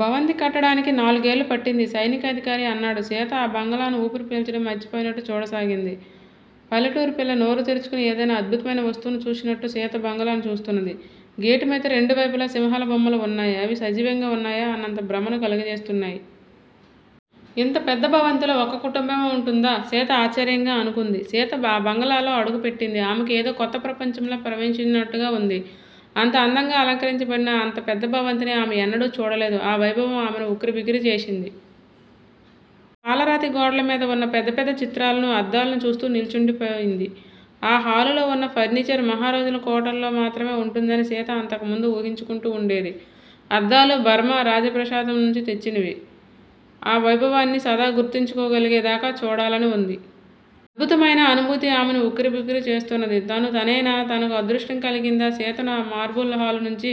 భవంతి కట్టడానికి నాలుగేళ్లు పట్టింది. సైనికాధికారి అన్నాడు. సీత ఆ బంగళాను ఊపిరి పీల్చడం మర్చిపోయినట్టు చూడసాగింది. పల్లెటూరి పిల్ల నోరు తెరుచుకుని ఏదైనా అద్భుతమైన వస్తువును చూసినట్టు సీత బంగళాను చూస్తున్నది. గేటు మీద రెండు వైపులా సింహాల బొమ్మలు ఉన్నాయి. అవి సజీవంగా ఉన్నాయా అన్నంత భ్రమను కలుగజేస్తున్నాయి. ఇంత పెద్ద భవంతిలో ఒక్క కుటుంబమే ఉంటుందా? సీత ఆశ్చర్యంగా అనుకుంది. సీత ఆ బంగళాలో అడుగుపెట్టింది. ఆమెకు ఏదో కొత్త ప్రపంచంలో ప్రవేశించినట్టుగా ఉంది. అంత అందంగా అలంకరించబడిన అంత పెద్ద భవంతిని ఆమె ఎన్నడూ చూడలేదు. ఆ వైభవం ఆమెను ఉక్కిరిబిక్కిరి చేసింది. ఆ పాలరాతి గోడల మీద ఉన్న పెద్ద పెద్ద చిత్రాలనూ, అద్దాలనూ చూస్తూ నిల్చుండిపోయింది. ఆ హాలులో ఉన్న ఫర్నిచర్ మహారాజుల కోటల్లో మాత్రమే ఉంటుందని సీత అంతకుముందు ఊహించుకుంటూ ఉండేది. అద్దాలు బర్మా రాజప్రాసాదం నుంచి తెచ్చినవి. ఆ వైభవాన్ని సదా గుర్తించుకోగలిగేదాకా చూడాలని ఉంది. అద్భుతమైన అనుభూతి ఆమెను ఉక్కిరిబిక్కిరి చేస్తున్నది. తను తనేనా? తనకు అదృష్టం కలిగిందా? సీతను ఆ మార్బుల్ హాలు నుంచి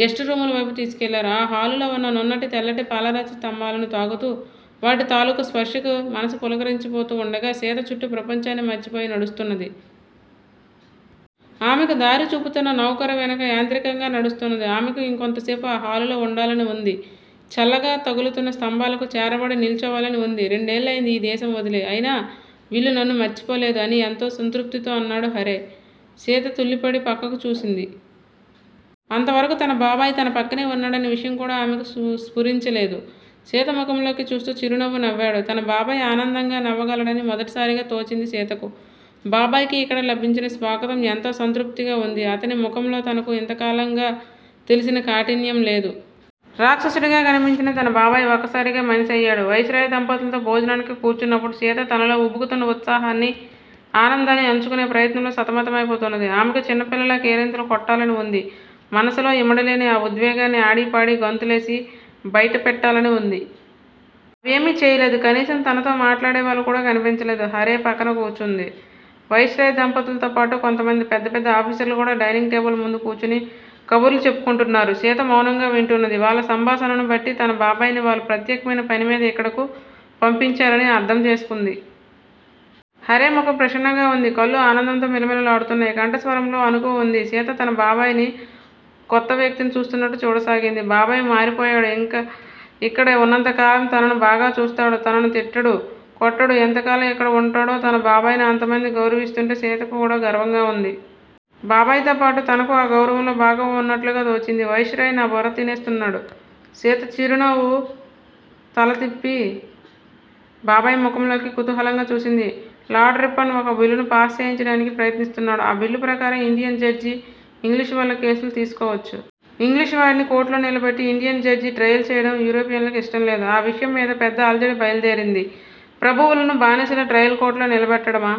గెస్టు రూముల వైపు తీసుకెళ్లారు. ఆ హాలులో ఉన్న నున్నటి, తెల్లటి పాలరాతి స్తంభాలను తాకుతూ, వాటి తాలూకు స్పర్శకు మనసు పులకరించిపోతూ ఉండగా, సీత చుట్టూ ప్రపంచాన్ని మరచిపోయి నడుస్తున్నది. ఆమెకు దారి చూపుతున్న నౌకరు వెనక యాంత్రికంగా నడుస్తున్నది. ఆమెకు ఇంకొంతసేపు ఆ హాలులో ఉండాలని ఉంది. చల్లగా తగులుతున్న స్తంభాలకు చేరబడి నిల్చోవాలని ఉంది. రెండేళ్లయింది ఈ దేశం వదిలి. అయినా వీళ్లు నన్ను మర్చిపోలేదు అని ఎంతో సంతృప్తితో అన్నాడు హారే. సీత తుళ్లిపడి పక్కకు చూసింది. అంతవరకు తన బాబాయి తన పక్కనే ఉన్నాడనే విషయం కూడా ఆమెకు సు స్పురించలేదు. సీత ముఖంలోకి చూస్తూ చిరునవ్వు నవ్వాడు. తన బాబాయి ఆనందంగా నవ్వగలడని మొదటిసారిగా తోచింది సీతకు. బాబాయికి ఇక్కడ లభించిన స్వాగతం ఎంతో సంతృప్తిగా ఉంది. అతని ముఖంలో తనకు ఇంతకాలంగా తెలిసిన కాఠిన్యం లేదు. రాక్షసుడిగా కనిపించిన తన బాబాయి ఒక్కసారిగా మనిషి అయ్యాడు. వైస్‌రాయ్ దంపతులతో భోజనానికి కూర్చున్నప్పుడు సీత తనలో ఉబుకుతున్న ఉత్సాహాన్నీ, ఆనందాన్నీ అణుచుకునే ప్రయత్నంలో సతమతమైపోతున్నది. ఆమెకు చిన్నపిల్లలా కేరింతలు కొట్టాలని ఉంది. మనసులో ఇమడలేని ఆ ఉద్వేగాన్ని ఆడీ, పాడీ, గంతులేసి బయటపెట్టాలని ఉంది. అవేమీ చేయలేదు. కనీసం తనతో మాట్లాడేవాళ్లు కూడా కనిపించలేదు. హారే పక్కన కూర్చుంది. వైస్‌రాయ్ దంపతులతో పాటు కొంతమంది పెద్ద పెద్ద ఆఫీసర్లు కూడా డైనింగ్ టేబుల్ ముందు కూర్చుని కబుర్లు చెప్పుకుంటున్నారు. సీత మౌనంగా వింటున్నది. వాళ్ల సంభాషణను బట్టి తన బాబాయిని వాళ్లు ప్రత్యేకమైన పనిమీద ఇక్కడకు పంపించారని అర్థం చేసుకుంది. హారే ముఖం ప్రసన్నంగా ఉంది. కళ్లు ఆనందంతో మిలమిలలాడుతున్నాయి. కంఠస్వరంలో అణకువ ఉంది. సీత తన బాబాయిని కొత్త వ్యక్తిని చూస్తున్నట్లు చూడసాగింది. బాబాయి మారిపోయాడు. ఇంక ఇక్కడ ఉన్నంతకాలం తనను బాగా చూస్తాడు. తనను తిట్టడు. కొట్టడు. ఎంతకాలం ఇక్కడ ఉంటాడో? తన బాబాయిని అంతమంది గౌరవిస్తుంటే సీతకు కూడా గర్వంగా ఉంది. బాబాయితో పాటు తనకూ ఆ గౌరవంలో భాగం ఉన్నట్లుగా తోచింది. వైస్‌రాయ్ నా బుర్ర తినేస్తున్నాడు. సీత చిరునవ్వు తల తిప్పి బాబాయి ముఖంలోకి కుతూహలంగా చూసింది. లార్డ్ రిప్పన్ ఒక బిల్లును పాస్ చేయించడానికి ప్రయత్నిస్తున్నాడు. ఆ బిల్లు ప్రకారం ఇండియన్ జడ్జి ఇంగ్లీషువాళ్ల కేసులు తీసుకోవచ్చు. ఇంగ్లీషువాడిని కోర్టులో నిలబెట్టి ఇండియన్ జడ్జి ట్రయల్ చేయడం యూరోపియన్లకు ఇష్టంలేదు. ఆ విషయం మీద పెద్ద అలజడి బయలుదేరింది. ప్రభువులను బానిసలు ట్రయల్ కోర్టులో నిలబెట్టడమా?